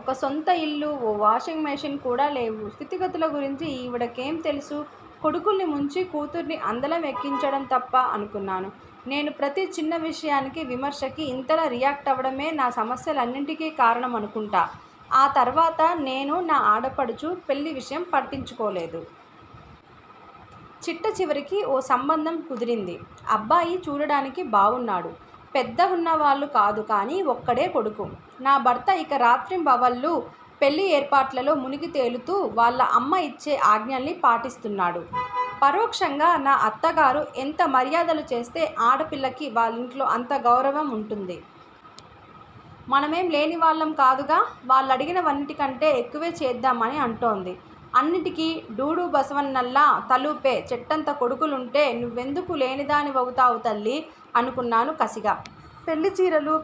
ఒక సొంత ఇల్లు, ఓ వాషింగ్ మెషీన్ కూడా లేవు. స్థితిగతుల గురించి ఈవిడకేం తెల్సు? కొడుకుల్ని ముంచి కూతుర్ని అందలం ఎక్కించడం తప్ప అనుకున్నాను. నేను ప్రతి చిన్న విషయానికీ, విమర్శకి ఇంతలా రియాక్టవడమే నా సమస్యలన్నింటికీ కారణమనుకుంటా. ఆ తర్వాత నేను నా ఆడపడుచు పెళ్ళి విషయం పట్టించుకోలేదు. చిట్టచివరికి ఓ సంబంధం కుదిరింది. అబ్బాయి చూడడానికి బావున్నాడు. పెద్ద వున్నవాళ్ళు కాదు కానీ ఒక్కడే కొడుకు. నా భర్త ఇక రాత్రింబవళ్ళూ పెళ్ళి ఏర్పాట్లలో మునిగి తేలుతూ వాళ్ళ అమ్మ ఇచ్చే ఆజ్ఞల్ని పాటిస్తున్నాడు. పరోక్షంగా నా అత్తగారు ఎంత మర్యాదలు చేస్తే ఆడపిల్లకి వాళ్ళింట్లో అంత గౌరవం వుంటుంది. మనమేం లేనివాళ్ళం కాదుగా. వాళ్ళడిగిన వన్నిటికంటె ఎక్కువే చేద్దాం అని అంటోంది. అన్నిటికీ డూడూ బసవన్నల్లా తలూపే చెట్టంత కొడుకులుంటే నువ్వెందుకు లేనిదాని వవుతావు తల్లీ? అనుకున్నాను కసిగా. పెళ్ళిచీరలూ,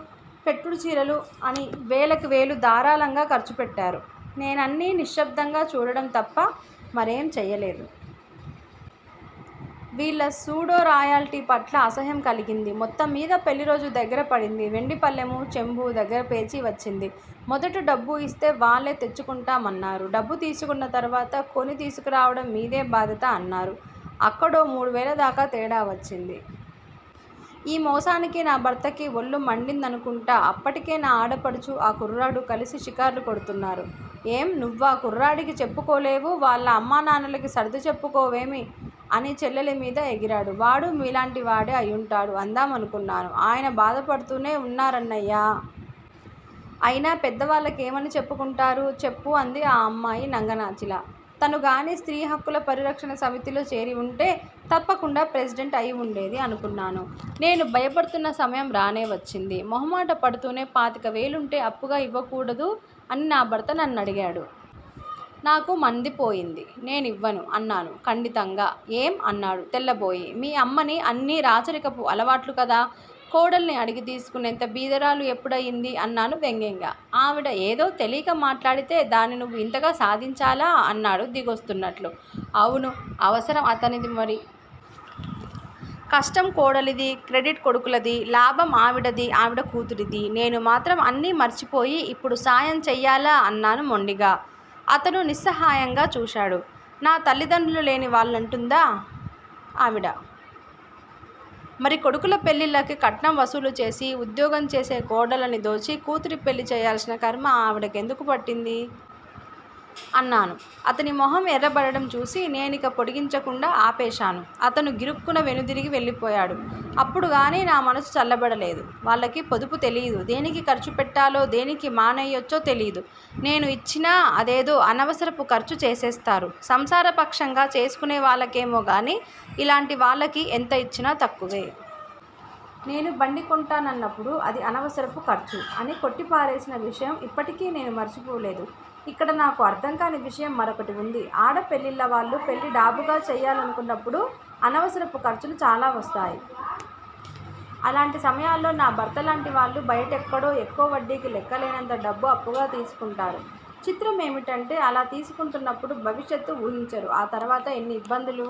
పెట్టుడు చీరలూ అని వేలకి వేలు ధారాళంగా ఖర్చుపెట్టారు. నేనన్నీ నిశ్శబ్దంగా చూడడం తప్ప మరేం చెయ్యలేదు. వీళ్ళ సూడో రాయల్టీ పట్ల అసహ్యం కలిగింది. మొత్తం మీద పెళ్ళిరోజు దగ్గిర పడింది. వెండి పళ్ళెమూ, చెంబూ దగ్గర పేచీ వచ్చింది. మొదట డబ్బు ఇస్తే వాళ్ళే తెచ్చుకుంటామన్నారు. డబ్బు తీసుకున్న తర్వాత 'కొని తీసుకురావడం మీదే బాధ్యత' అన్నారు. అక్కడో మూడువేల దాకా తేడా వచ్చింది. ఈ మోసానికి నా భర్తకి ఒళ్ళు మండిందనుకుంటా అప్పటికే నా ఆడపడుచూ, ఆ కుర్రాడూ కలిసి షికార్లు కొడుతున్నారు. ఏం? నువ్వా కుర్రాడికి చెప్పుకోలేవూ, వాళ్ళ అమ్మా నాన్నలకి సర్దిచెప్పుకోవేమి? అని చెల్లెలి మీద ఎగిరాడు. 'వాడూ మీలాంటి వాడే అయుంటాడు' అందామనుకున్నాను. ఆయన బాధపడ్తూనే వున్నారాన్నయ్యా! అయినా పెద్ద వాళ్ళకేమని చెప్పుకుంటారు చెప్పు అంది ఆ అమ్మాయి నంగనాచిలా. తనుగానీ స్త్రీ హక్కుల పరిరక్షణ సమితిలో చేరి వుంటే, తప్పకుండా ప్రెసిడెంట్ అయివుండేది అనుకున్నాను. నేను భయపడుతున్న సమయం రానే వచ్చింది. మొహమాట పడుతూనే పాతిక వేలుంటే అప్పుగా ఇవ్వకూడదు? అని నా భర్త నన్నడిగాడు. నాకు మందిపోయింది. నేనివ్వను అన్నాను ఖండితంగా. ఏం? అన్నాడు తెల్లబోయి. మీ అమ్మని అన్నీ రాచరికపు అలవాట్లు కదా. కోడల్ని అడిగి తీసుకునేంత బీదరాలు ఎప్పుడయింది? అన్నాను వ్యంగ్యంగా. ఆవిడ ఏదో తెలీక మాట్లాడితే, దాన్ని నువ్వు ఇంతగా సాధించాలా? అన్నాడు దిగొస్తున్నట్లు. అవును, అవసరం అతనిది మరి! కష్టం కోడలిది. క్రెడిట్ కొడుకులది. లాభం ఆవిడదీ, ఆవిడ కూతురిదీ! నేను మాత్రం అన్నీ మర్చిపోయి ఇప్పుడు సాయం చెయ్యాలా? అన్నాను మొండిగా. అతను నిస్సహాయంగా చూశాడు. నా తల్లిదండ్రులు లేని వాళ్ళంటుందా ఆవిడ? మరి కొడుకుల పెళ్ళిళ్ళకి కట్నం వసూలు చేసి, ఉద్యోగం చేసే కోడళ్ళని దోచి కూతురి పెళ్ళి చెయ్యాల్సిన ఖర్మ ఆవిడకెందుకు పట్టింది? అన్నాను. అతని మొహం ఎర్రబడడం చూసి నేనిక పొడిగించకుండా ఆపేశాను. అతను గిరుక్కున వెనుదిరిగి వెళ్ళిపోయాడు. అప్పుడుగానీ నా మనసు చల్లబడలేదు. వాళ్ళకి పొదుపు తెలీదు. దేనికి ఖర్చు పెట్టాలో, దేనికి మానెయ్యొచ్చో తెలీదు. నేను ఇచ్చినా అదేదో అనవసరపు ఖర్చు చేసేస్తారు. సంసారపక్షంగా చేసుకునేవాళ్ళకేమోగానీ, ఇలాంటి వాళ్ళకి ఎంత ఇచ్చినా తక్కువే. నేను బండి కొంటానన్నప్పుడు 'అది అనవసరపు ఖర్చు' అని కొట్టిపారేసిన విషయం ఇప్పటికీ నేను మరిచిపోలేదు! ఇక్కడ నాకు అర్థంకాని విషయం మరొకటి వుంది. ఆడపెళ్ళివాళ్ళు పెళ్ళి డాబుగా చెయ్యాలనుకున్నప్పుడు అనవసరపు ఖర్చులు చాలా వస్తాయి. అలాంటి సమయాల్లో నా భర్త లాంటి వాళ్ళు బయటెక్కడో ఎక్కువ వడ్డీకి లెక్కలేనంత డబ్బు అప్పుగా తీసుకుంటారు. చిత్రమేమిటంటే అలా తీసుకుంటున్నప్పుడు భవిష్యత్తు వూహించరు. ఆ తర్వాత ఎన్ని ఇబ్బందులు